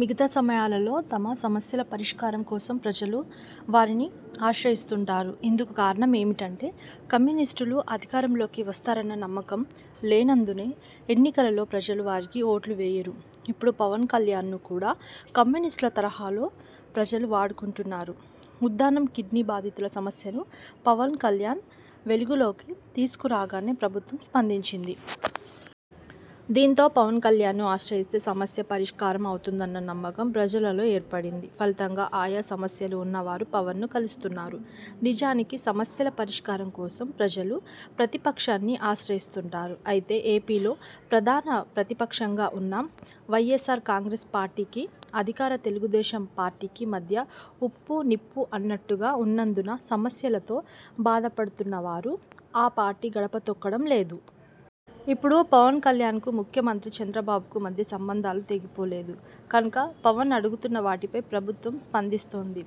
మిగతా సమయాలలో తమ సమస్యల పరిష్కారం కోసం ప్రజలు వారిని ఆశ్రయిస్తుంటారు. ఇందుకు కారణం ఏమిటంటే కమ్యూనిస్టులు అధికారం లోకి వస్తారన్న నమ్మకం లేనందునే ఎన్నికలలో ప్రజలు వారికి ఓట్లు వేయరు. ఇప్పుడు పవన్ కల్యాణ్ను కూడా కమ్యూనిస్టుల తరహాలో ప్రజలు వాడుకుంటున్నారు. ఉద్ధానం కిడ్నీ బాధితుల సమస్యను పవన్ కల్యాణ్ వెలుగులోకి తీసుకు రాగానే ప్రభుత్వం స్పందించింది. దీంతో పవన్ కల్యాణ్ను ఆశ్రయిస్తే సమస్య పరిష్కారం అవుతుందన్న నమ్మకం ప్రజలలో ఏర్పడింది. ఫలితంగా ఆయా సమస్యలు ఉన్నవారు పవన్ను కలుస్తున్నారు. నిజానికి సమస్యల పరిష్కారం కోసం ప్రజలు ప్రతిపక్షాన్ని ఆశ్రయిస్తుంటారు. అయితే ఏపీలో ప్రధాన ప్రతిపక్షంగా ఉన్న వై. ఎస్. ఆర్ కాంగ్రెస్ పార్టీకి, అధికార తెలుగుదేశం పార్టీకి మధ్య ఉప్పు, నిప్పు అన్నట్టుగా ఉన్నందున సమస్యలతో బాధపడుతున్నవారు ఆ పార్టీ గడప తొక్కడం లేదు. ఇప్పుడు పవన్ కల్యాణ్ కు ముఖ్యమంత్రి చంద్రబాబుకు మధ్య సంబంధాలు తెగిపోలేదు కనుక పవన్ అడుగుతున్న వాటిపై ప్రభుత్వం స్పందిస్తోంది.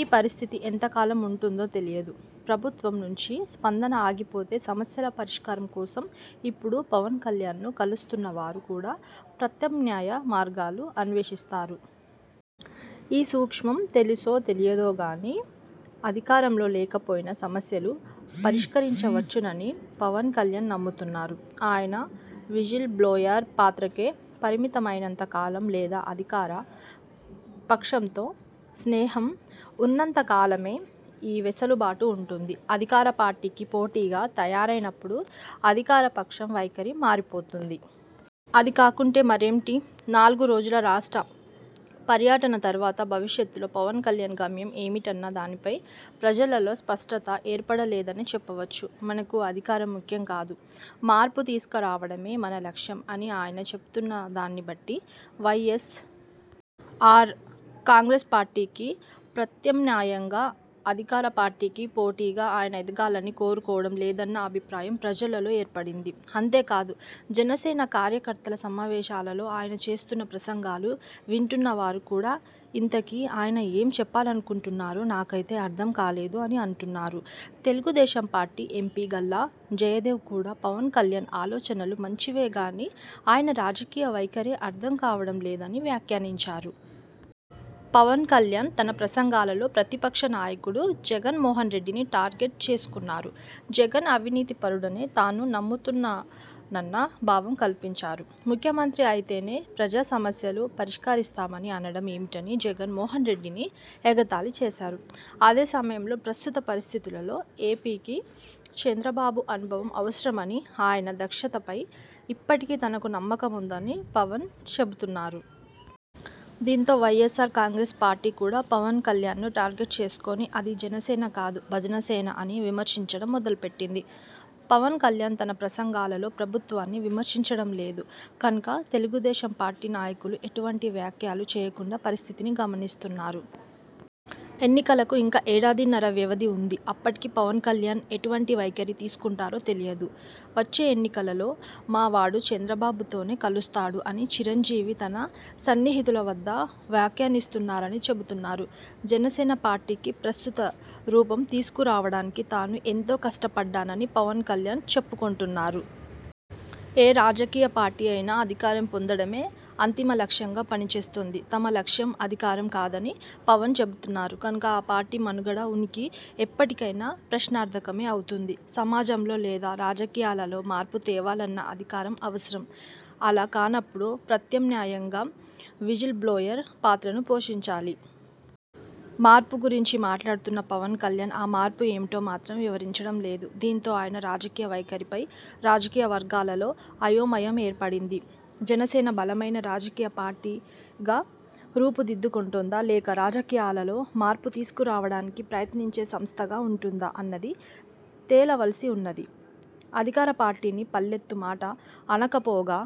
ఈ పరిస్థితి ఎంతకాలం ఉంటుందో తెలియదు. ప్రభుత్వం నుంచి స్పందన ఆగిపోతే సమస్యల పరిష్కారం కోసం ఇప్పుడు పవన్ కల్యాణ్ ను కలుస్తున్న వారు కూడా ప్రత్యామ్నాయ మార్గాలు అన్వేషిస్తారు. ఈ సూక్ష్మం తెలుసో తెలియదో గానీ, అధికారంలో లేకపోయినా సమస్యలు పరిష్కరించవచ్చునని పవన్ కల్యాణ్ నమ్ముతున్నారు. ఆయన విజిల్ బ్లోయర్ పాత్రకే పరిమితమైనంత కాలం లేదా అధికార పక్షంతో స్నేహం ఉన్నంత కాలమే ఈ వెసులుబాటు ఉంటుంది. అధికార పార్టీకి పోటీగా తయారైనప్పుడు అధికార పక్షం వైఖరి మారిపోతుంది. అది కాకుంటే మరేంటి? నాలుగు రోజుల రాష్ట్ర పర్యటన తర్వాత భవిష్యత్తులో పవన్ కల్యాణ్ గమ్యం ఏమిటన్న దానిపై ప్రజలలో స్పష్టత ఏర్పడలేదనే చెప్పవచ్చు. మనకు అధికారం ముఖ్యం కాదు. మార్పు తీసుకురావడమే మన లక్ష్యం అని ఆయన చెబుతున్న దాన్ని బట్టి వై. ఎస్. ఆర్. కాంగ్రెస్ పార్టీకి ప్రత్యామ్నాయంగా, అధికార పార్టీకి పోటీగా ఆయన ఎదగాలని కోరుకోవడం లేదన్న అభిప్రాయం ప్రజలలో ఏర్పడింది. అంతేకాదు జనసేన కార్యకర్తల సమావేశాలలో ఆయన చేస్తున్న ప్రసంగాలు వింటున్నవారు కూడా ఇంతకీ ఆయన ఏం చెప్పాలనుకుంటున్నారో నాకైతే అర్థం కాలేదు అని అంటున్నారు. తెలుగుదేశం పార్టీ ఎంపీ గల్లా జయదేవ్ కూడా పవన్ కల్యాణ్ ఆలోచనలు మంచివే గానీ, ఆయన రాజకీయ వైఖరే అర్థం కావడం లేదని వ్యాఖ్యానించారు. పవన్ కల్యాణ్ తన ప్రసంగాలలో ప్రతిపక్ష నాయకుడు జగన్ మోహన్ రెడ్డిని టార్గెట్ చేసుకున్నారు. జగన్ అవినీతి పరుడనే తాను నమ్ముతున్నానన్న భావం కల్పించారు. ముఖ్యమంత్రి అయితేనే ప్రజా సమస్యలు పరిష్కరిస్తామని అనడం ఏమిటని జగన్ మోహన్ రెడ్డిని ఎగతాళి చేశారు. అదే సమయంలో ప్రస్తుత పరిస్థితులలో ఏపీ కి చంద్రబాబు అనుభవం అవసరమని, ఆయన దక్షతపై ఇప్పటికీ తనకు నమ్మకం ఉందని పవన్ చెబుతున్నారు. దీంతో Y. S. R. Congress party కూడా పవన్ కల్యాణ్ ను టార్గెట్ చేసుకుని 'అది జనసేన కాదు, భజన సేన' అని విమర్శించడం మొదలుపెట్టింది. పవన్ కల్యాణ్ తన ప్రసంగాలలో ప్రభుత్వాన్ని విమర్శించడం లేదు కనుక తెలుగుదేశం పార్టీ నాయకులు ఎటువంటి వ్యాఖ్యలూ చేయకుండా పరిస్థితిని గమనిస్తున్నారు. ఎన్నికలకు ఇంకా ఏడాదిన్నర వ్యవధి ఉంది. అప్పటికి పవన్ కల్యాణ్ ఎటువంటి వైఖరి తీసుకుంటారో తెలియదు. వచ్చే ఎన్నికలలో మా వాడు చంద్రబాబుతోనే కలుస్తాడు అని చిరంజీవి తన సన్నిహితుల వద్ద వ్యాఖ్యానిస్తున్నారని చెబుతున్నారు. జనసేన పార్టీకి ప్రస్తుత రూపం తీసుకురావడానికి తాను ఎంతో కష్టపడ్డానని పవన్ కల్యాణ్ చెప్పుకొంటున్నారు. ఏ రాజకీయ పార్టీ అయినా అధికారం పొందడమే అంతిమ లక్ష్యంగా పనిచేస్తుంది. తమ లక్ష్యం అధికారం కాదని పవన్ చెబుతున్నారు కనుక ఆ పార్టీ మనుగడ, ఉనికి ఎప్పటికైనా ప్రశ్నార్థకమే అవుతుంది. సమాజంలో లేదా రాజకీయాలలో మార్పు తేవాలన్నా అధికారం అవసరం. అలా కానప్పుడు ప్రత్యామ్నాయంగా విజిల్ బ్లోయర్ పాత్రను పోషించాలి. మార్పు గురించి మాట్లాడుతున్న పవన్ కల్యాణ్ ఆ మార్పు ఏమిటో మాత్రం వివరించడం లేదు. దీంతో ఆయన రాజకీయ వైఖరిపై రాజకీయవర్గాలలో అయోమయం ఏర్పడింది. జనసేన బలమైన రాజకీయ పార్టీగా రూపు దిద్దుకుంటుందా? లేక రాజకీయాలలో మార్పు తీసుకురావడానికి ప్రయత్నించే సంస్థగా ఉంటుందా? అన్నది తేలవలసి ఉన్నది. అధికార పార్టీని పల్లెత్తు మాట అనకపోగా,